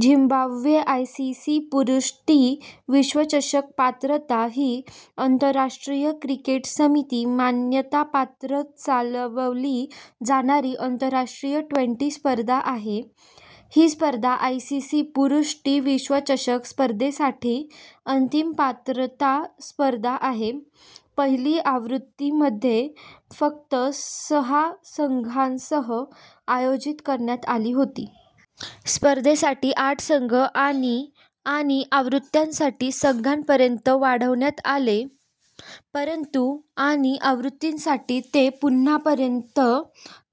Zimbabwe ICC पुरुष T विश्वचषक पात्रता ही आंतरराष्ट्रीय क्रिकेट समिती मान्यतापात्र चालवली जाणारी आंतरराष्ट्रीय ट्वेंटी स्पर्धा आहे. ही स्पर्धा आयसीसी पुरुष टी विश्वचषक स्पर्धेसाठी अंतिम पात्रता स्पर्धा आहे. पहिली आवृत्ती मध्ये फक्त सहा संघांसह आयोजित करण्यात आली होती. स्पर्धेसाठी आठ संघ आणि आणि आवृत्त्यांसाठी संघांपर्यंत वाढवण्यात आले, परंतु आणि आवृत्त्यांसाठी ते पुन्हा पर्यंत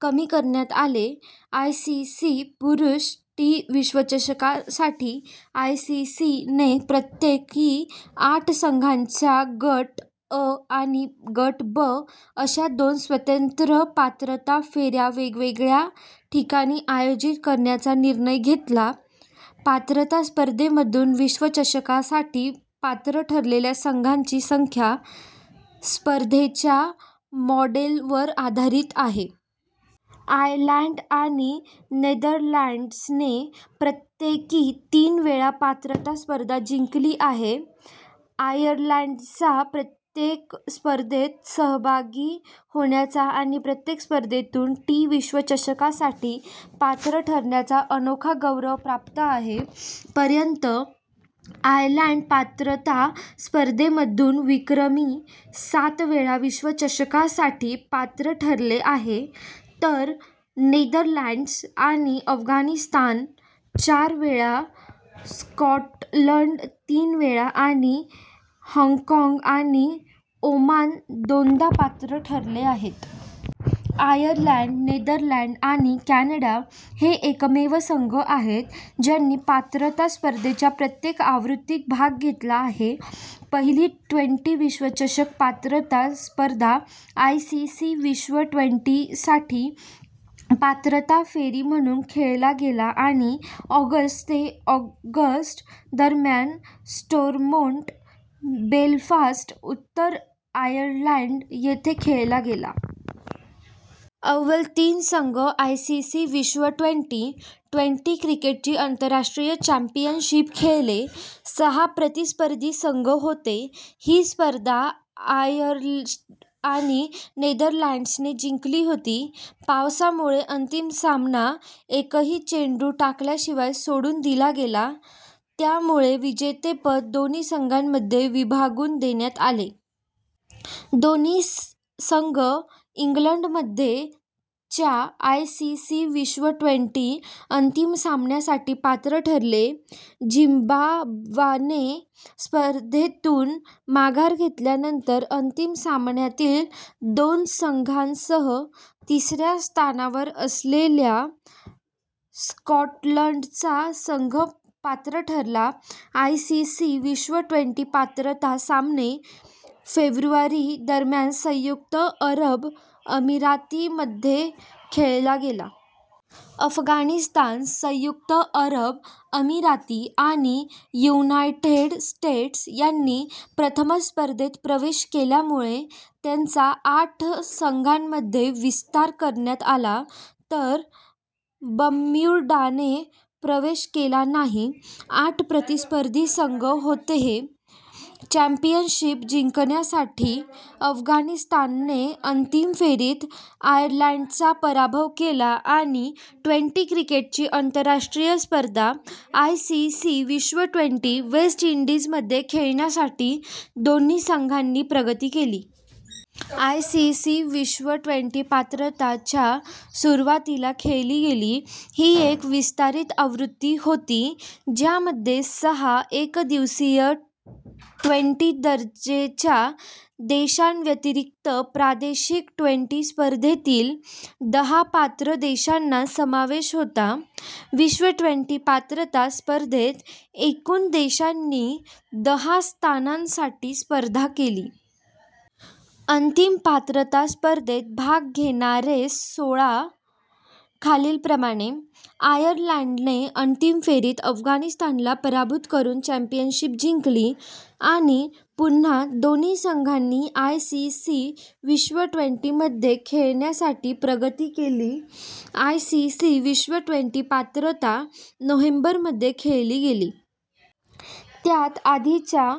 कमी करण्यात आले. आयसीसी पुरुष टी विश्वचषकासाठी, आयसीसी ने प्रत्येकी आठ संघांच्या गट अ आणि गट ब अशा दोन स्वतंत्र पात्रता फेऱ्या वेगवेगळ्या ठिकाणी आयोजित करण्याचा निर्णय घेतला पात्रता स्पर्धेमधून विश्वचषकासाठी पात्र ठरलेल्या संघांची संख्या स्पर्धेच्या मॉडेलवर आधारित आहे. आयर्लंड आणि नेदरलँड्सने प्रत्येकी तीन वेळा पात्रता स्पर्धा जिंकल्या आहेत. आयर्लंडला प्रत्येक स्पर्धेत सहभागी होण्याचा आणि प्रत्येक स्पर्धेतून टी विश्वचषकासाठी पात्र ठरण्याचा अनोखा गौरव प्राप्त आहे; पर्यंत, आयर्लंड पात्रता स्पर्धेमधून विक्रमी सात वेळा विश्वचषकासाठी पात्र ठरले आहे, तर नेदरलँड्स आणि अफगाणिस्तान चार वेळा, स्कॉटलंड तीन वेळा आणि हाँगकाँग आणि ओमान दोनदा पात्र ठरले आहेत. आयर्लंड, नेदरलँड्स आणि कॅनडा हे एकमेव संघ आहेत ज्यांनी पात्रता स्पर्धेच्या प्रत्येक आवृत्तीत भाग घेतला आहे. पहिली ट्वेंटी विश्वचषक पात्रता स्पर्धा आयसीसी विश्व ट्वेंटी साठी पात्रता फेरी म्हणून खेळला गेला आणि ऑगस्ट ते ऑगस्ट दरम्यान स्टोरमोंट, बेलफास्ट, उत्तर आयर्लंड येथे खेळला गेला. अव्वल तीन संघ आयसीसी विश्व ट्वेंटी, ट्वेंटी- क्रिकेटची आंतरराष्ट्रीय चॅम्पियनशिप खेळले. सहा प्रतिस्पर्धी संघ होते: ही स्पर्धा आयर्लंड आणि नेदरलँड्सने जिंकली होती, पावसामुळे अंतिम सामना एकही चेंडू टाकल्याशिवाय सोडून दिला गेला, त्यामुळे विजेतेपद दोन्ही संघांमध्ये विभागून देण्यात आले. दोन्ही संघ इंग्लंडमध्ये च्या आयसीसी विश्व ट्वेंटी- अंतिम सामान्यासाठी पात्र ठरले. झिम्बाब्वेने स्पर्धेतून माघार घेतल्यानंतर, अंतिम सामन्यातील दोन संघांसह तिसऱ्या स्थानावर असलेल्या स्कॉटलंडचा संघ पात्र ठरला. आयसीसी विश्व ट्वेंटी पात्रता सामने - फेब्रुवारी दरम्यान संयुक्त अरब अमिरातीमध्ये खेळला गेला. अफगाणिस्तान, संयुक्त अरब अमिराती आणि युनायटेड स्टेट्स यांनी प्रथमच स्पर्धेत प्रवेश केल्यामुळे त्याचा आठ संघांमध्ये विस्तार करण्यात आला, तर बर्म्युडाने प्रवेश केला नाही. आठ प्रतिस्पर्धी संघ होते: चॅम्पियनशिप जिंकण्यासाठी अफगाणिस्तानने अंतिम फेरीत आयर्लंडचा पराभव केला आणि ट्वेंटी क्रिकेटची आंतरराष्ट्रीय स्पर्धा आयसीसी विश्व ट्वेंटी, वेस्ट इंडीजमध्ये खेळण्यासाठी दोन्ही संघांनी प्रगती केली. आयसीसी विश्व ट्वेंटी पात्रता, च्या सुरुवातीला खेळली गेली. ही एक विस्तारित आवृत्ती होती ज्यामध्ये सहा एकदिवसीय/ट्वेंटी दर्जाच्या देशांव्यतिरिक्त प्रादेशिक ट्वेंटी स्पर्धेतील दहा पात्र देशांचा समावेश होता. विश्व ट्वेंटी- पात्रता स्पर्धेत एकूण देशांनी दहा स्थानांसाठी स्पर्धा केली. अंतिम पात्रता स्पर्धेत भाग घेणारे सोळा खालीलप्रमाणे: आयर्लंडने अंतिम फेरीत अफगाणिस्तानला पराभूत करून चॅम्पियनशिप जिंकली आणि पुन्हा दोन्ही संघांनी आयसीसी विश्व ट्वेंटी मध्ये खेळण्यासाठी प्रगती केली. आयसीसी विश्व ट्वेंटी पात्रता, नोव्हेंबर मध्ये खेळली गेली. त्यात आधीच्या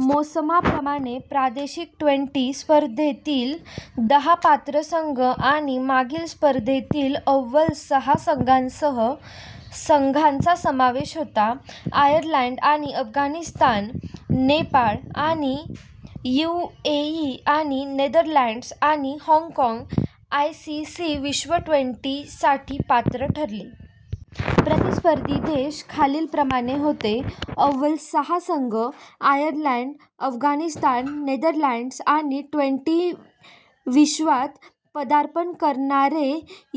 मोसमाप्रमाणेच प्रादेशिक ट्वेंटी स्पर्धेतील दहा पात्र संघ आणि मागील स्पर्धेतील अव्वल सहा संघांसह संघाचा समावेश होता. आयर्लंड आणि अफगाणिस्तान, नेपाळ आणि युएई आणि नेदरलँड्स आणि हाँगकाँग आयसीसी विश्व ट्वेंटी साठी पात्र ठरले. प्रतिस्पर्धी देश खालील प्रमाणे होते: अव्वल सहा संघ: आयर्लंड, अफगाणिस्तान, नेदरलँड्स आणि ट्वेंटी विश्वात पदार्पण करणारे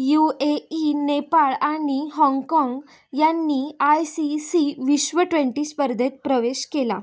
यूएई, नेपाळ आणि हाँगकाँग यांनी आयसीसी विश्व ट्वेंटी स्पर्धेत प्रवेश केला.